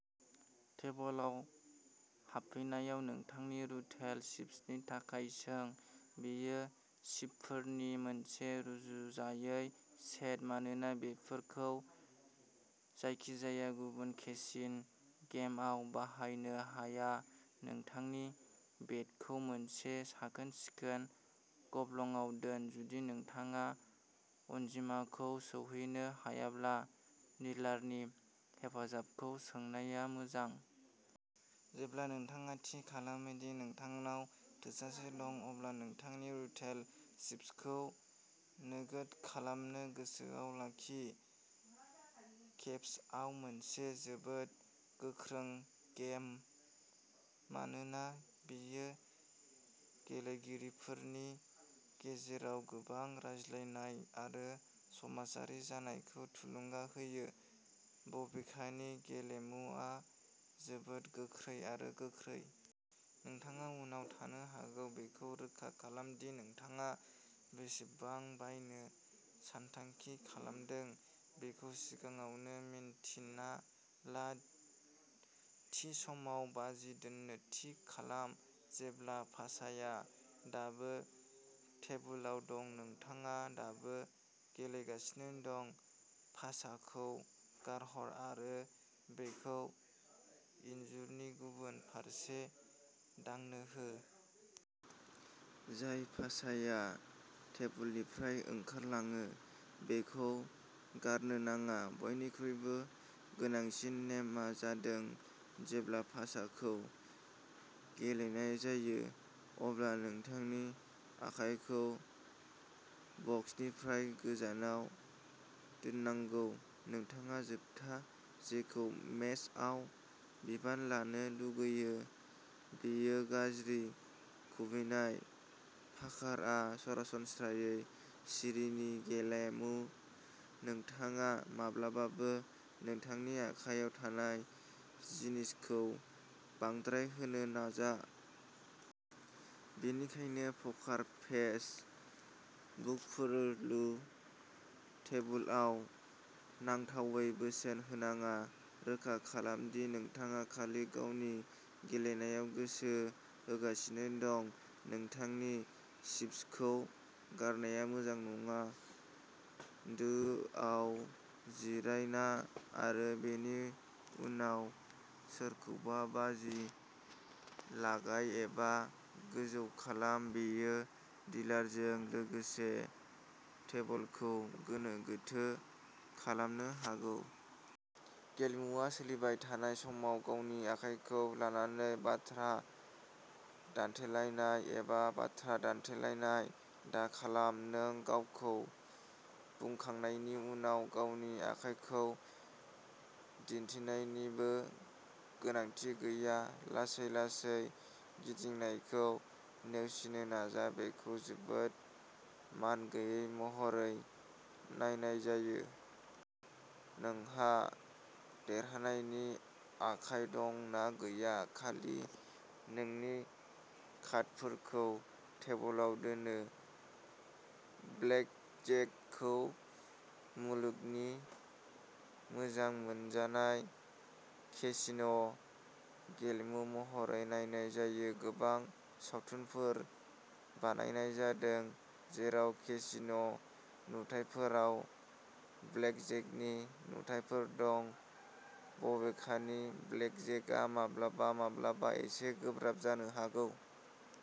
टेबोलआव हाबफैनायाव, नोंथांनि रुलेट चिप्सनि थाखाय सों। बेयो चिपफोरनि मोनसे रुजुजायै सेट, मानोना बेफोरखौ जायखिजाया गुबुन केसिनो गेमआव बाहायनो हाया। नोंथांनि बेटखौ मोनसे साखोन-सिखोन गब्लंआव दोन, जुदि नोंथाङा अनजिमाखौ सौहैनो हायाब्ला डिलारनि हेफाजाबखौ सोंनाया मोजां। जेब्ला नोंथाङा थि खालामो दि नोंथांनाव थोजासे दं, अब्ला नोंथांनि रुलेट चिप्सखौ नोगोद खालामनो गोसोआव लाखि। क्रेप्सआ मोनसे जोबोद गोख्रों गेम, मानोना बेयो गेलेगिरिफोरनि गेजेराव गोबां रायज्लायनाय आरो समाजारि जानायखौ थुलुंगा होयो। बबेखानि, गेलेमुआ जोबोद गोख्रै आरो गोख्रै। नोंथाङा उनाव थानो हागौ। बेखौ रोखा खालाम दि नोंथाङा बेसेबां बायनो सानथांखि खालामदों बेखौ सिगाङावनो मिन्थिना ला। थि समाव बाजि दोन्नो थि खालाम, जेब्ला पासाया दाबो टेबुलआव दं, नोंथाङा दाबो गेलेगासिनो दं। पासाखौ गारहर आरो बेखौ इनजुरनि गुबुन फारसे दांनो हो। जाय पासाया टेबुलनिफ्राय ओंखारलाङो बेखौ गारनो नाङा। बयनिख्रुइबो गोनांसिन नेमआ जादों जेब्ला पासाखौ गेलेनाय जायो, अब्ला नोंथांनि आखाइखौ बक्सनिफ्राय गोजानाव दोननांगौ। नोंथाङा जोबथा जेखौ मेजआव बिबान लानो लुगैयो बेयो गाज्रि खुबैनाय। पकारआ सरासनस्रायै सिरिनि गेलेमु; नोंथाङा माब्लाबाबो नोंथांनि आखायाव थानाय जिनिसखौ बांद्राय होनो नाजा। बेनिखायनो,'पकार फेस'बुंफुरलु। टेबुलआव नांथावै बोसोन होनाङा। रोखा खालाम दि नोंथाङा खालि गावनि गेलेनायाव गोसो होगासिनो दं। नोंथांनि चिप्सखौ गारनाया मोजां नङा। दोआव जिरायना आरो बेनि उनाव सोरखौबा बाजि लागाय एबा गोजौ खालाम; बेयो डिलारजों लोगोसे टेबोलखौ गोनो-गोथो खालामनो हागौ। गेलेमुआ सोलिबाय थानाय समाव गावनि आखाइखौ लानानै बाथ्रा दान्थेलायनाय एबा बाथ्रा दान्थेलायनाय दाखालाम। नों गावखौ बुंखांनायनि उनाव गावनि आखाइखौ दिन्थिनायनिबो गोनांथि गैया। लासै लासै गिदिंनायखौ नेवसिनो नाजा, बेखौ जोबोद मानगैयै महरै नायनाय जायो। नोंहा देरहानायनि आखाइ दं ना गैया, खालि नोंनि कार्डफोरखौ टेबोलाव दोन। ब्लेकजेकखौ मुलुगनि मोजां मोनजानाय केसिनो गेलेमु महरै नायनाय जायो। गोबां सावथुनफोर बानायनाय जादों जेराव केसिनो नुथायफोराव ब्लेकजेकनि नुथाइफोर दं। बबेखानि, ब्लेकजेकआ माब्लाबा माब्लाबा एसे गोब्राब जानो हागौ।